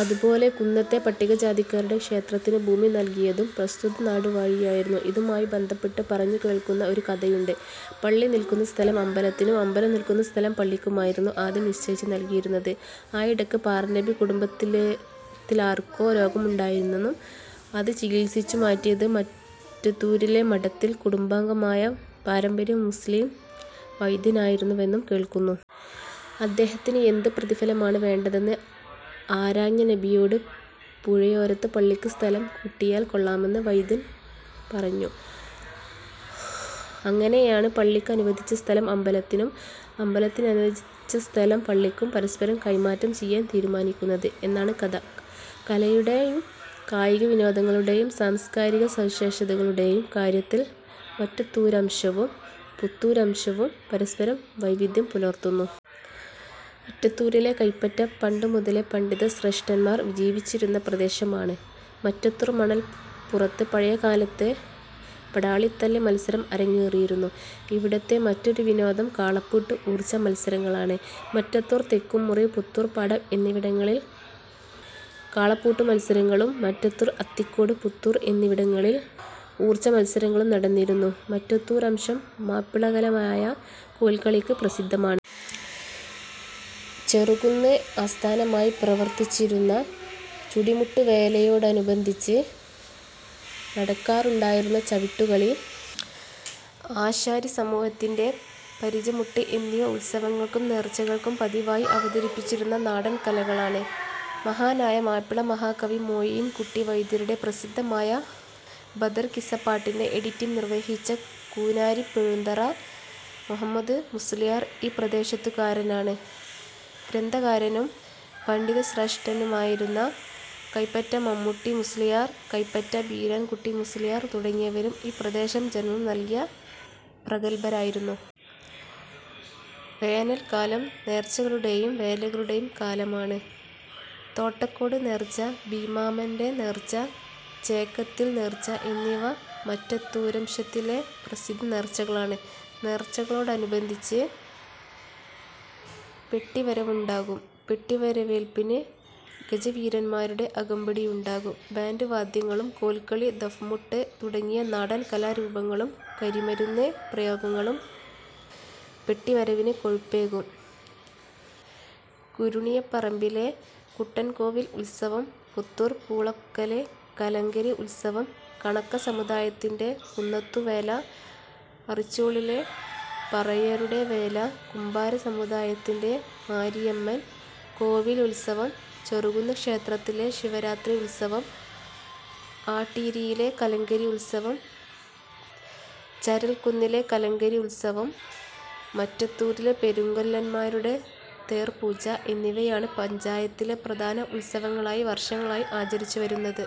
അതുപോലെ കുന്നത്തെ പട്ടികജാതിക്കാരുടെ ക്ഷേത്രത്തിനു ഭൂമി നൽകിയതും പ്രസ്തുത നാടുവാഴിയായിരുന്നു. ഇതുമായി ബന്ധപ്പെട്ട് പറഞ്ഞുകേൾക്കുന്ന ഒരു കഥയുണ്ട്. പള്ളി നിൽക്കുന്ന സ്ഥലം അമ്പലത്തിനും, അമ്പലം നിൽക്കുന്ന സ്ഥലം പള്ളിക്കുമായിരുന്നു ആദ്യം നിശ്ചയിച്ച് നൽകിയിരുന്നത്. ആയിടക്ക് പാറനമ്പി കുടുംബത്തിലാർക്കോ രോഗമുണ്ടായിയെന്നും അത് ചികിത്സിച്ചുമാറ്റിയത് മറ്റത്തൂരിലെ മഠത്തിൽ കുടുംബാംഗമായ പാരമ്പര്യ മുസ്ളീം വൈദ്യനായിരുന്നുവെന്നും കേൾക്കുന്നു. അദ്ദേഹത്തിന് എന്ത് പ്രതിഫലമാണ് വേണ്ടതെന്ന് ആരാഞ്ഞ നമ്പിയോട് പുഴയോരത്ത് പള്ളിക്ക് സ്ഥലം കിട്ടിയാൽ കൊള്ളാമെന്ന് വൈദ്യർ പറഞ്ഞു. അങ്ങനെയാണ് പള്ളിക്കനുവദിച്ച സ്ഥലം അമ്പലത്തിനും അമ്പലത്തിനനുവദിച്ച സ്ഥലം പള്ളിക്കും പരസ്പരം കൈമാറ്റം ചെയ്യാൻ തീരുമാനിക്കുന്നത് എന്നാണ് കഥ. കലയുടെയും കായികവിനോദങ്ങളുടെയും സാംസ്കാരിക സവിശേഷതകളുടേയും കാര്യത്തിൽ മറ്റത്തൂരംശവും പുത്തൂരംശവും പരസ്പരം വൈവിധ്യം പുലർത്തുന്നു. മറ്റത്തൂരിലെ കൈപ്പറ്റ പണ്ടു മുതലേ പണ്ഡിത ശ്രേഷ്ഠന്മാർ ജീവിച്ചിരുന്ന പ്രദേശമാണ്. മറ്റത്തൂർ മണൽപുറത്ത് പഴയകാലത്ത് പടാളിത്തല്ല് മത്സരം അരങ്ങേറിയിരുന്നു. ഇവിടുത്തെ മറ്റൊരു വിനോദം കാളപ്പൂട്ട് ഊർച്ച മത്സരങ്ങളാണ്. മറ്റത്തൂർ, തെക്കുംമുറി, പുത്തൂർപാടം എന്നിവിടങ്ങളിൽ കാളപൂട്ടുമത്സരങ്ങളും മറ്റത്തൂർ, അത്തിക്കോട്, പുത്തൂർ എന്നിവിടങ്ങളിൽ ഊർച്ചമത്സരങ്ങളും നടന്നിരുന്നു. മറ്റത്തൂരംശം മാപ്പിളകലമായ കോൽക്കളിക്ക് പ്രസിദ്ധമാണ്. ചെറുകുന്ന് ആസ്ഥാനമായി പ്രവർത്തിച്ചിരുന്ന ചുടിമുട്ടുവേലയോടനുബന്ധിച്ച് നടക്കാറുണ്ടായിരുന്ന ചവിട്ടുകളി, ആശാരിസമൂഹത്തിന്റെ പരിചമുട്ട് എന്നിവ ഉത്സവങ്ങൾക്കും നേർച്ചകൾക്കും പതിവായി അവതരിപ്പിച്ചിരുന്ന നാടൻ കലകളാണ്. മഹാനായ മാപ്പിള മഹാകവി മോയിൻകുട്ടി വൈദ്യരുടെ പ്രസിദ്ധമായ ബദർകിസ്സപ്പാട്ടിന്റെ എഡിറ്റിംഗ് നിർവ്വഹിച്ച കൂനാരി പെഴുന്തറ മുഹമ്മദ് മുസ്ള്യാർ ഈ പ്രദേശത്തുകാരനാണ്. ഗ്രന്ഥകാരനും പണ്ഡിതശ്രേഷ്ഠനുമായിരുന്ന കൈപ്പറ്റ മമ്മുട്ടി മുസ്ള്യാർ, കൈപ്പറ്റ ബീരാൻ കുട്ടി മുസ്ള്യാർ തുടങ്ങിയവരും ഈ പ്രദേശം ജന്മം നൽകിയ പ്രഗല്ഭരായിരുന്നു. വേനൽക്കാലം നേർച്ചകളുടെയും വേലകളുടെയും കാലമാണ്. തോട്ടക്കോട് നേർച്ച, ബീമാമാന്റ നേർച്ച, ചേക്കത്തിൽ നേർച്ച എന്നിവ മറ്റത്തൂരംശത്തിലെ പ്രസിദ്ധ നേർച്ചകളാണ്. നേർച്ചകളോടനുബന്ധിച്ച് പെട്ടിവരവുണ്ടാകും. പെട്ടിവരവേൽപ്പിന് ഗജവീരന്മാരുടെ അകമ്പടിയുണ്ടാകും. ബാന്റ് വാദ്യങ്ങളും, കോൽക്കളി, ദഫ്മുട്ട് തുടങ്ങിയ നാടൻകലാരൂപങ്ങളും, കരിമരുന്ന് പ്രയോഗങ്ങളും പെട്ടിവരവിനു കൊഴുപ്പേകും. കുരുണിയപ്പറമ്പിലെ കുട്ടൻകോവിൽ ഉത്സവം, പുത്തൂർ പൂളക്കലെ കലങ്കരി ഉത്സവം, കണക്ക സമുദായത്തിന്റെ കുന്നത്തുവേല, അറിച്ചോളിലെ പറയരുടെ വേല, കുംഭാര സമുദായത്തിന്റെ മാരിയമ്മൻ കോവിൽ ഉത്സവം, ചെറുകുന്ന് ക്ഷേത്രത്തിലെ ശിവരാത്രി ഉത്സവം, ആട്ടീരിയിലെ കലങ്കരി ഉത്സവം, ചരൽക്കുന്നിലെ കലങ്കരി ഉത്സവം, മറ്റത്തൂരിലെ പെരുങ്കൊല്ലന്മാരുടെ തേർപൂജ എന്നിവയാണ് പഞ്ചായത്തിലെ പ്രധാന ഉത്സവങ്ങളായി വർഷങ്ങളായി ആചരിച്ചു വരുന്നത്.